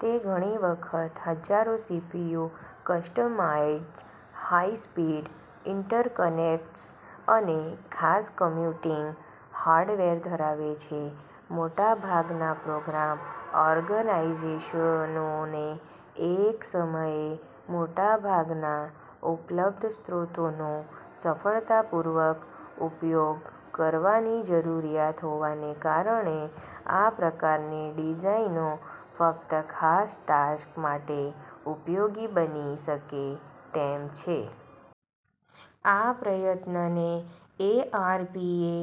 તે ઘણી વખત હજ્જારો CPU, customized high speed interconnects અને ખાસ કમ્પ્યુટીંગ હાર્ડવેર ધરાવે છે. મોટા ભાગના પ્રોગ્રામ ઓર્ગેનાઇઝેશનોને એક સમયે મોટા ભાગના ઉપલબ્ધ સ્ત્રોતોનો સફળતાપૂર્વક ઉપયોગ કરવાની જરૂરિયાત હોવાને કારણે આ પ્રકારની ડિઝાઇનો ફક્ત ખાસ ટાસ્ક માટે ઉપયોગી બની શકે તેમ છે. આ પ્રયત્નને એઆરપીએ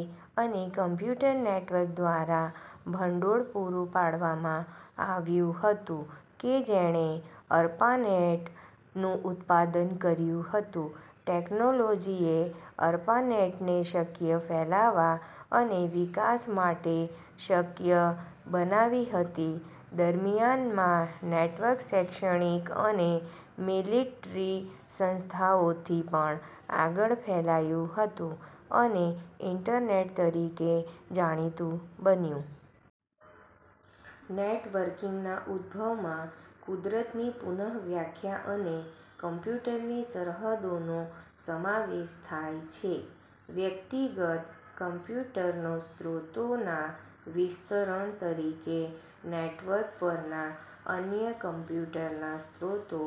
અને કમ્પ્યુટર નેટવર્ક દ્વારા ભંડોળ પૂરું પાડવામાં આવ્યું હતું કે જેણે અર્પાનેટ નું ઉત્પાદન કર્યું હતું. ટેકનોલોજીએ અર્પાનેટને શક્ય ફેલાવા અને વિકાસ માટે શક્ય બનાવી હતી. દરમિયાનમાં નેટવર્ક શૈક્ષણિક અને મિલીટરી સંસ્થાઓથી પણ આગળ ફેલાયું હતું અને ઇન્ટરનેટ તરીકે જાણીતુ બન્યુ. નેટવર્કીંગના ઉદભવમાં કુદરતની પુનઃવ્યખ્યા અને કમ્પ્યુટરની સરહદોનો સમાવેશ થાય છે. વ્યક્તિગત કમ્પ્યુટરના સ્ત્રોતોના વિસ્તરણ તરીકે નેટવર્ક પરના અન્ય કમ્પ્યુટરના સ્ત્રોતો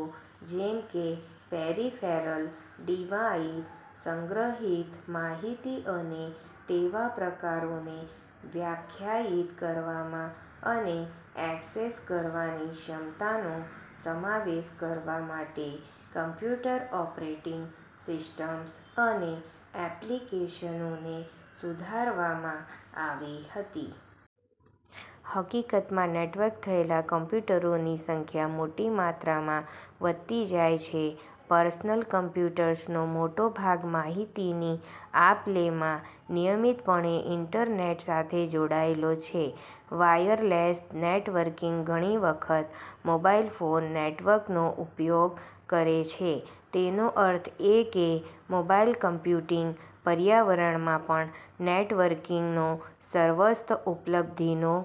જેમ કે પેરિફેરલ ડિવાઇસ, સંગ્રહીત માહિતી અને તેવા પ્રકારોને વ્યાખ્યાયિત કરવામાં અને એક્સેસ કરવાની ક્ષમતાનો સમાવેશ કરવા માટે કમ્પ્યુટર ઓપરેટિંગ સિસ્ટમ્સ અને એપ્લીકેશનોને સુધારવામાં આવી હતી. હકીકતમાં નેટવર્ક થયેલા કમ્પ્યુટરોની સંખ્યા મોટી માત્રામાં વધતી જાય છે. પર્સનલ કમ્પ્યુટર્સનો મોટો ભાગ માહિતીની આપ-લેમાં નિયમિતપણે ઇન્ટરનેટ સાથે જોડાયેલો છે. "વાયરલેસ" નેટવર્કીંગ ઘણી વખત મોબાઇલ ફોન નેટવર્કનો ઉપયોગ કરે છે, તેનો અર્થ એ કે મોબાઇલ કમ્પ્યુટીંગ પર્યાવરણમાં પણ નેટવર્કીંગનો સર્વસ્વ ઉપલબ્ધિનો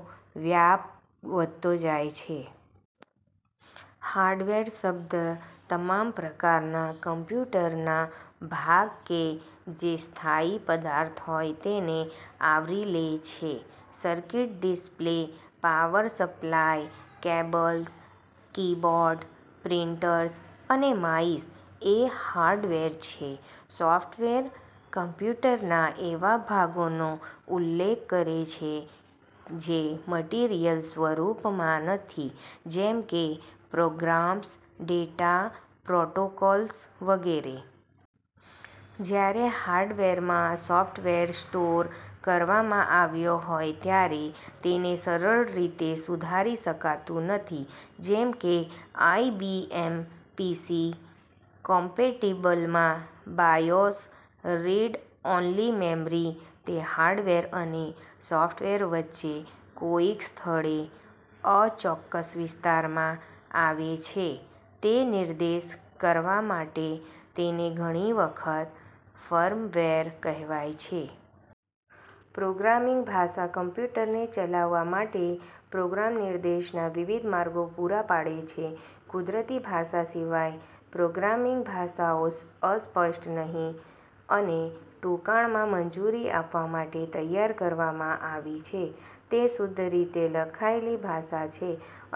વ્યાપ વધતો જાય છે. હાર્ડવેર શબ્દ તમામ પ્રકારના કમ્પ્યુટરના ભાગ કે જે સ્થાયી પદાર્થ હોય તેને આવરી લે છે. Circuit, display, power supply, cables, keyboard, printers અને માઇસ એ હાર્ડવેર છે. સોફ્ટવેર કમ્પ્યુટરના એવા ભાગોનો ઉલ્લેખ કરે છે, જે મટીરીયલ સ્વરૂપમાં નથી, જેમ કે પ્રોગ્રામ્સ, ડેટા, પ્રોટોકોલ્સ વગેરે. જ્યારે હાર્ડવેરમાં સોફ્ટવેર સ્ટોર કરવામાં આવ્યો હોય ત્યારે, તેને સરળ રીતે સુધારી શકાતું નથી જેમ કે આઇબીએમ પીસી કોમ્પેટીબલમાં બાયોસ, રિડ-ઓન્લી મેમરી, તે હાર્ડવેર અને સોફ્ટવેર વચ્ચે કોઇક સ્થળે અચોક્કસ વિસ્તારમાં આવે છે તે નિર્દેશ કરવા માટે તેને ઘણી વખત "ફર્મવેર" કહેવાય છે. પ્રોગ્રામીંગ ભાષા કમ્પ્યુટરને ચલાવવા માટે પ્રોગ્રામ નિર્દેશના વિવિધ માર્ગો પૂરા પાડે છે કુદરતી ભાષા સિવાય, પ્રોગ્રામીંગ ભાષાઓ અસ્પષ્ટ નહી અને ટૂંકાણમાં મંજૂરી આપવા માટે તૈયાર કરવામાં આવી છે. તે શુદ્ધ રીતે લખાયેલી ભાષા છે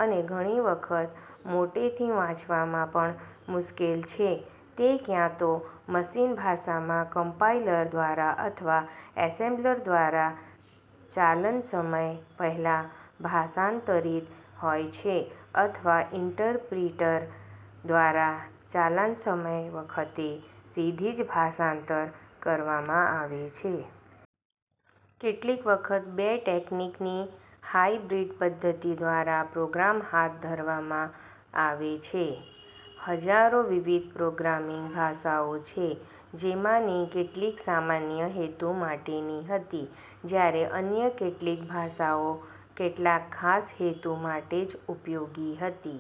અને ઘણી વખત મોટેથી વાંચવામાં પણ મુશ્કેલ છે તે ક્યાંતો મશિન ભાષામાં કમ્પાઇલર દ્વારા અથવા એસેમ્બ્લર દ્વારા ચાલનસમય પહેલા ભાષાંતરીત હોય છે અથવા ઇન્ટરપ્રિટર દ્વારા ચાલનસમય વખતે સીધી જ ભાષાંતર કરવામાં આવે છે. કેટલીક વખત બે ટેકનીકની હાઇબ્રીડ પદ્ધતિ દ્વારા પ્રોગ્રામ હાથ ધરવામાં આવે છે. હજ્જારો વિવિધ પ્રોગ્રામીંગ ભાષાઓ છે-જેમાંની કેટલીક સામાન્ય હેતુ માટેની હતી, જ્યારે અન્ય કેટલીક ભાષાઓ કેટલાક ખાસ હેતુ માટે જ ઉપયોગી હતી.